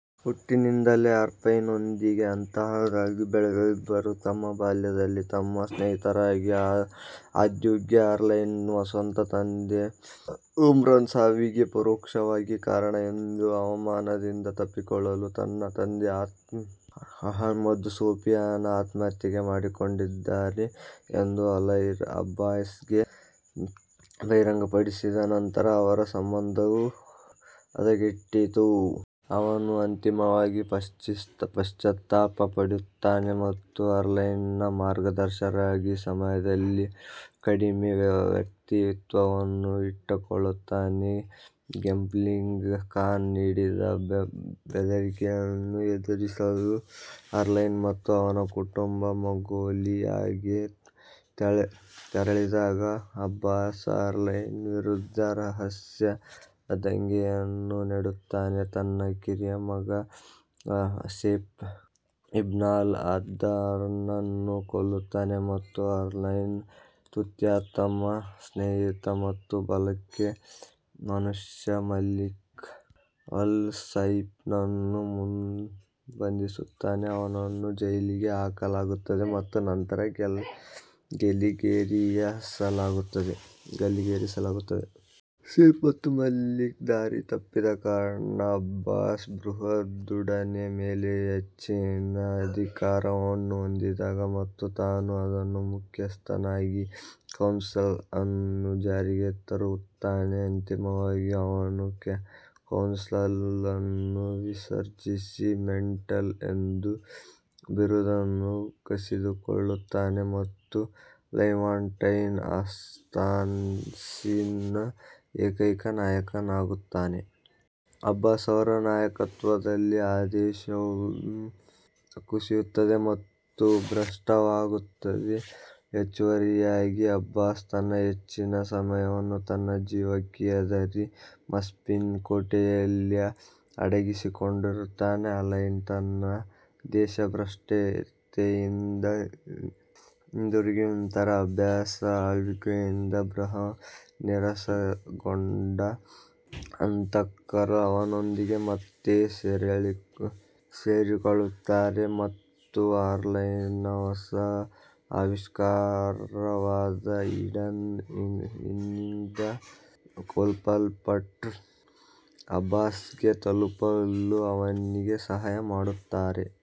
ಹುಟ್ಟಿನಿಂದಲೇ ಅಲ್ತೈರ್ನೊಂದಿಗೆ ಹಂತಕರಾಗಿ ಬೆಳೆದ ಇಬ್ಬರೂ ತಮ್ಮ ಬಾಲ್ಯದಲ್ಲಿ ಉತ್ತಮ ಸ್ನೇಹಿತರಾದರು. ಆದಾಗ್ಯೂ, ಅಲ್ತೈರ್ನ ಸ್ವಂತ ತಂದೆ ಉಮರ್ನ ಸಾವಿಗೆ ಪರೋಕ್ಷವಾಗಿ ಕಾರಣ ಎಂಬ ಅವಮಾನದಿಂದ ತಪ್ಪಿಸಿಕೊಳ್ಳಲು ತನ್ನ ತಂದೆ ಅಹ್ಮದ್ ಸೋಫಿಯಾನ್ ಆತ್ಮಹತ್ಯೆ ಮಾಡಿಕೊಂಡಿದ್ದಾನೆ ಎಂದು ಅಲ್ತೈರ್ ಅಬ್ಬಾಸ್ಗೆ ಬಹಿರಂಗಪಡಿಸಿದ ನಂತರ ಅವರ ಸಂಬಂಧವು ಹದಗೆಟ್ಟಿತು. ಅವನು ಅಂತಿಮವಾಗಿ ಪಶ್ಚಾತ್ತಾಪ ಪಡುತ್ತಾನೆ ಮತ್ತು ಆಲ್ಟೈರ್ನ ಮಾರ್ಗದರ್ಶಕರಾಗಿದ್ದ ಸಮಯದಲ್ಲಿ ಕಡಿಮೆ ವ್ಯಕ್ತಿತ್ವವನ್ನು ಇಟ್ಟುಕೊಳ್ಳುತ್ತಾನೆ. ಗೆಂಘಿಸ್ ಖಾನ್ ನೀಡಿದ ಬೆದರಿಕೆಯನ್ನು ಎದುರಿಸಲು ಅಲ್ತೈರ್ ಮತ್ತು ಅವನ ಕುಟುಂಬ ಮಂಗೋಲಿಯಾಗೆ ತೆರಳಿದಾಗ, ಅಬ್ಬಾಸ್ ಅಲ್ತೈರ್ ವಿರುದ್ಧ ರಹಸ್ಯ ದಂಗೆಯನ್ನು ನಡೆಸುತ್ತಾನೆ; ತನ್ನ ಕಿರಿಯ ಮಗ ಸೆಫ್ ಇಬ್ನ್-ಲಾ 'ಅಹದ್ನನ್ನು ಕೊಲ್ಲುತ್ತಾನೆ ಮತ್ತು ಅಲ್ತೈರ್ನ ಅತ್ಯುತ್ತಮ ಸ್ನೇಹಿತ ಮತ್ತು ಬಲಗೈ ಮನುಷ್ಯ ಮಲಿಕ್ ಅಲ್-ಸೈಫ್ನನ್ನು ಬಂಧಿಸುತ್ತಾನೆ, ಅವನನ್ನು ಜೈಲಿಗೆ ಹಾಕಲಾಗುತ್ತದೆ ಮತ್ತು ನಂತರ ಗಲ್ಲಿಗೇರಿಸಲಾಗುತ್ತದೆ. ಸೆಫ್ ಮತ್ತು ಮಲಿಕ್ ದಾರಿ ತಪ್ಪಿದ ಕಾರಣ, ಅಬ್ಬಾಸ್ ಬ್ರದರ್ಹುಡ್ನ ಮೇಲೆ ಹೆಚ್ಚಿನ ಅಧಿಕಾರವನ್ನು ಹೊಂದಿದ್ದಾನೆ ಮತ್ತು ತಾನು ಅದರ ಮುಖ್ಯಸ್ಥನಾಗಿ ಕೌನ್ಸಿಲ್ ಅನ್ನು ಜಾರಿಗೆ ತರುತ್ತಾನೆ. ಅಂತಿಮವಾಗಿ, ಅವನು ಕೌನ್ಸಿಲ್ ಅನ್ನು ವಿಸರ್ಜಿಸಿ, ಮೆಂಟರ್ ಎಂಬ ಬಿರುದನ್ನು ಕಸಿದುಕೊಳ್ಳುತ್ತಾನೆ ಮತ್ತು ಲೆವಾಂಟೈನ್ ಅಸ್ಸಾಸಿನ್ಸ್ನ ಏಕೈಕ ನಾಯಕನಾಗುತ್ತಾನೆ. ಅಬ್ಬಾಸ್ ಅವರ ನಾಯಕತ್ವದಲ್ಲಿ, ಆದೇಶವು ಕುಸಿಯುತ್ತದೆ ಮತ್ತು ಭ್ರಷ್ಟವಾಗುತ್ತದೆ. ಹೆಚ್ಚುವರಿಯಾಗಿ, ಅಬ್ಬಾಸ್ ತನ್ನ ಹೆಚ್ಚಿನ ಸಮಯವನ್ನು ತನ್ನ ಜೀವಕ್ಕೆ ಹೆದರಿ ಮಸೀಫ್ನ ಕೋಟೆಯಲ್ಲಿ ಅಡಗಿಸಿಡುತ್ತಾನೆ. ಅಲ್ತೈರ್ ತನ್ನ ದೇಶಭ್ರಷ್ಟತೆಯಿಂದ ಹಿಂದಿರುಗಿದ ನಂತರ, ಅಬ್ಬಾಸ್ ಆಳ್ವಿಕೆಯಿಂದ ಭ್ರಮನಿರಸನಗೊಂಡ ಹಂತಕರು, ಅವನೊಂದಿಗೆ ಮತ್ತೆ ಸೇರಿಕೊಳ್ಳುತ್ತಾರೆ ಮತ್ತು ಅಲ್ತೈರ್ನ ಹೊಸ ಆವಿಷ್ಕಾರವಾದ ಹಿಡನ್ ಗನ್ನಿಂದ ಕೊಲ್ಲಲ್ಪಟ್ಟ ಅಬ್ಬಾಸ್ಗೆ ತಲುಪಲು ಅವನಿಗೆ ಸಹಾಯ ಮಾಡುತ್ತಾರೆ.